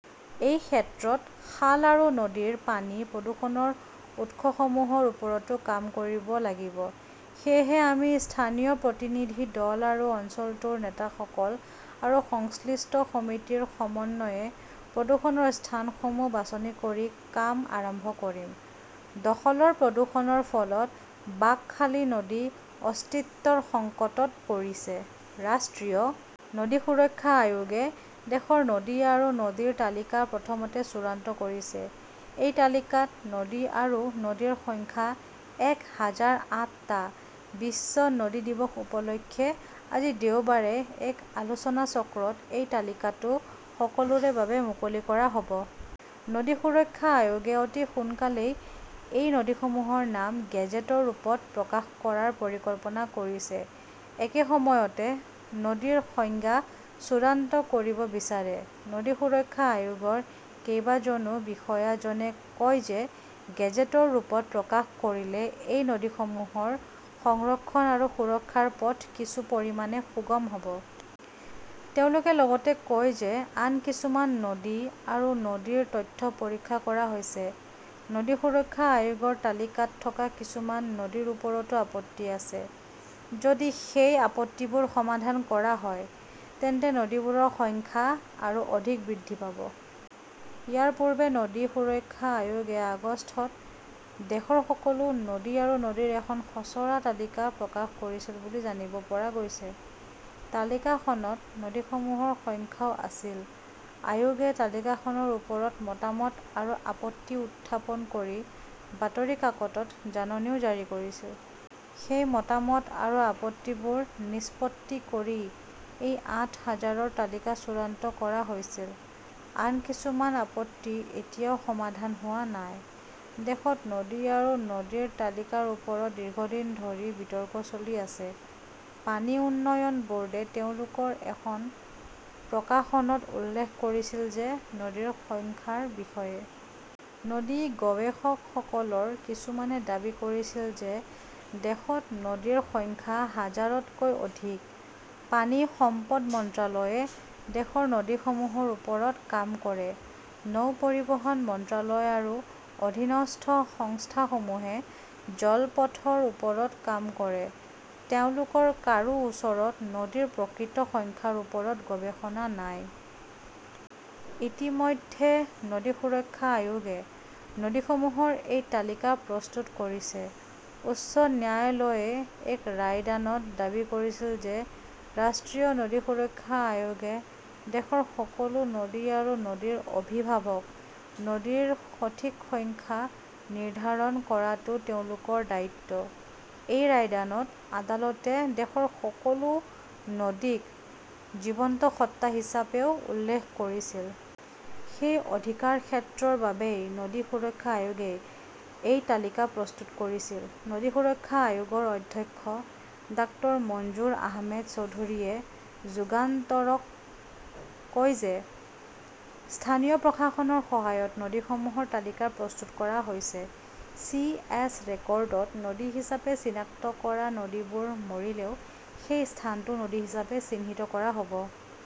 এই ক্ষেত্ৰত খাল আৰু নদীৰ পানী প্ৰদূষণৰ উৎসসমূহৰ ওপৰতো কাম কৰিব লাগিব। সেয়েহে আমি স্থানীয় প্ৰতিনিধি দল আৰু অঞ্চলটোৰ নেতাসকল আৰু সংশ্লিষ্ট সমিতিৰ সমন্বয়ে প্ৰদূষণৰ স্থানসমূহ বাছনি কৰি কাম আৰম্ভ কৰিম। দখলৰ প্ৰদূষণৰ ফলত বাঁকখালী নদী অস্তিত্বৰ সংকটত পৰিছে ।ৰাষ্ট্ৰীয় নদী সুৰক্ষা আয়োগে দেশৰ নদী আৰু নদীৰ তালিকা প্ৰথমতে চূড়ান্ত কৰিছে। এই তালিকাত নদী আৰু নদীৰ সংখ্যা এক হাজাৰ আঠটা। বিশ্ব নদী দিৱস উপলক্ষে আজি দেওবাৰে এক আলোচনাচক্ৰত এই তালিকাটো সকলোৰে বাবে মুকলি কৰা হ'ব। নদী সুৰক্ষা আয়োগে অতি সোনকালেই এই নদীসমূহৰ নাম গেজেটৰ ৰূপত প্ৰকাশ কৰাৰ পৰিকল্পনা কৰিছে। একে সময়তে নদীৰ সংজ্ঞা চূড়ান্ত কৰিব বিচাৰে। নদী সুৰক্ষা আয়োগৰ কেইবাজনো বিষয়াজনে কয় যে গেজেটৰ ৰূপত প্ৰকাশ কৰিলে এই নদীসমূহৰ সংৰক্ষণ আৰু সুৰক্ষাৰ পথ কিছু পৰিমাণে সুগম হ'ব। তেওঁলোকে লগতে কয় যে আন কিছুমান নদী আৰু নদীৰ তথ্য পৰীক্ষা কৰা হৈছে। নদী সুৰক্ষা আয়োগৰ তালিকাত থকা কিছুমান নদীৰ ওপৰতো আপত্তি আছে। যদি সেই আপত্তিবোৰ সমাধান কৰা হয়, তেন্তে নদীবোৰৰ সংখ্যা আৰু অধিক বৃদ্ধি পাব। ইয়াৰ পূৰ্বে নদী সুৰক্ষা আয়োগে আগষ্টত দেশৰ সকলো নদী আৰু নদীৰ এখন খচৰা তালিকা প্ৰকাশ কৰিছিল বুলি জানিব পৰা গৈছে। তালিকাখনত নদীসমূহৰ সংখ্যাও আছিল। আয়োগে তালিকাখনৰ ওপৰত মতামত আৰু আপত্তি উত্থাপন কৰি বাতৰি কাকতত জাননীও জাৰি কৰিছিল। সেই মতামত আৰু আপত্তিবোৰ নিষ্পত্তি কৰি এই আঠ হাজাৰৰ তালিকা চূড়ান্ত কৰা হৈছিল। আন কিছুমান আপত্তি এতিয়াও সমাধান হোৱা নাই। দেশত নদী আৰু নদীৰ তালিকাৰ ওপৰত দীৰ্ঘদিন ধৰি বিতৰ্ক চলি আছে। পানী উন্নয়ন ব'ৰ্ডে তেওঁলোকৰ এখন প্ৰকাশনত উল্লেখ কৰিছিল যে নদীৰ সংখ্যাৰ বিষয়ে। নদী গৱেষকসকলৰ কিছুমানে দাবী কৰিছিল যে দেশত নদীৰ সংখ্যা হাজাৰতকৈ অধিক। পানী সম্পদ মন্ত্ৰালয়ে দেশৰ নদীসমূহৰ ওপৰত কাম কৰে। নৌ পৰিবহণ মন্ত্ৰালয় আৰু অধীনস্থ সংস্থাসমূহে জলপথৰ ওপৰত কাম কৰে। তেওঁলোকৰ কাৰো ওচৰত নদীৰ প্ৰকৃত সংখ্যাৰ ওপৰত গৱেষণা নাই। ইতিমধ্যে নদী সুৰক্ষা আয়োগে নদীসমূহৰ এই তালিকা প্ৰস্তুত কৰিছে। উচ্চ ন্যায়ালয়ে এক ৰায়দানত দাবী কৰিছিল যে ৰাষ্ট্ৰীয় নদী সুৰক্ষা আয়োগে দেশৰ সকলো নদী আৰু নদীৰ অভিভাৱক, নদীৰ সঠিক সংখ্যা নিৰ্ধাৰণ কৰাটোও তেওঁলোকৰ দায়িত্ব। এই ৰায়দানত আদালতে দেশৰ সকলো নদীক জীৱন্ত সত্তা হিচাপেও উল্লেখ কৰিছিল। সেই অধিকাৰক্ষেত্ৰৰ বাবেই নদী সুৰক্ষা আয়োগে এই তালিকা প্ৰস্তুত কৰিছিল। নদী সুৰক্ষা আয়োগৰ অধ্যক্ষ ডাঃ মঞ্জুৰ আহমেদ চৌধুৰীয়ে যুগান্তৰক কয় যে স্থানীয় প্ৰশাসনৰ সহায়ত নদীসমূহৰ তালিকা প্ৰস্তুত কৰা হৈছে। চি. এছ. ৰেকৰ্ডত নদী হিচাপে চিনাক্ত কৰা নদীবোৰ মৰিলেও সেই স্থানটো নদী হিচাপে চিহ্নিত কৰা হ'ব।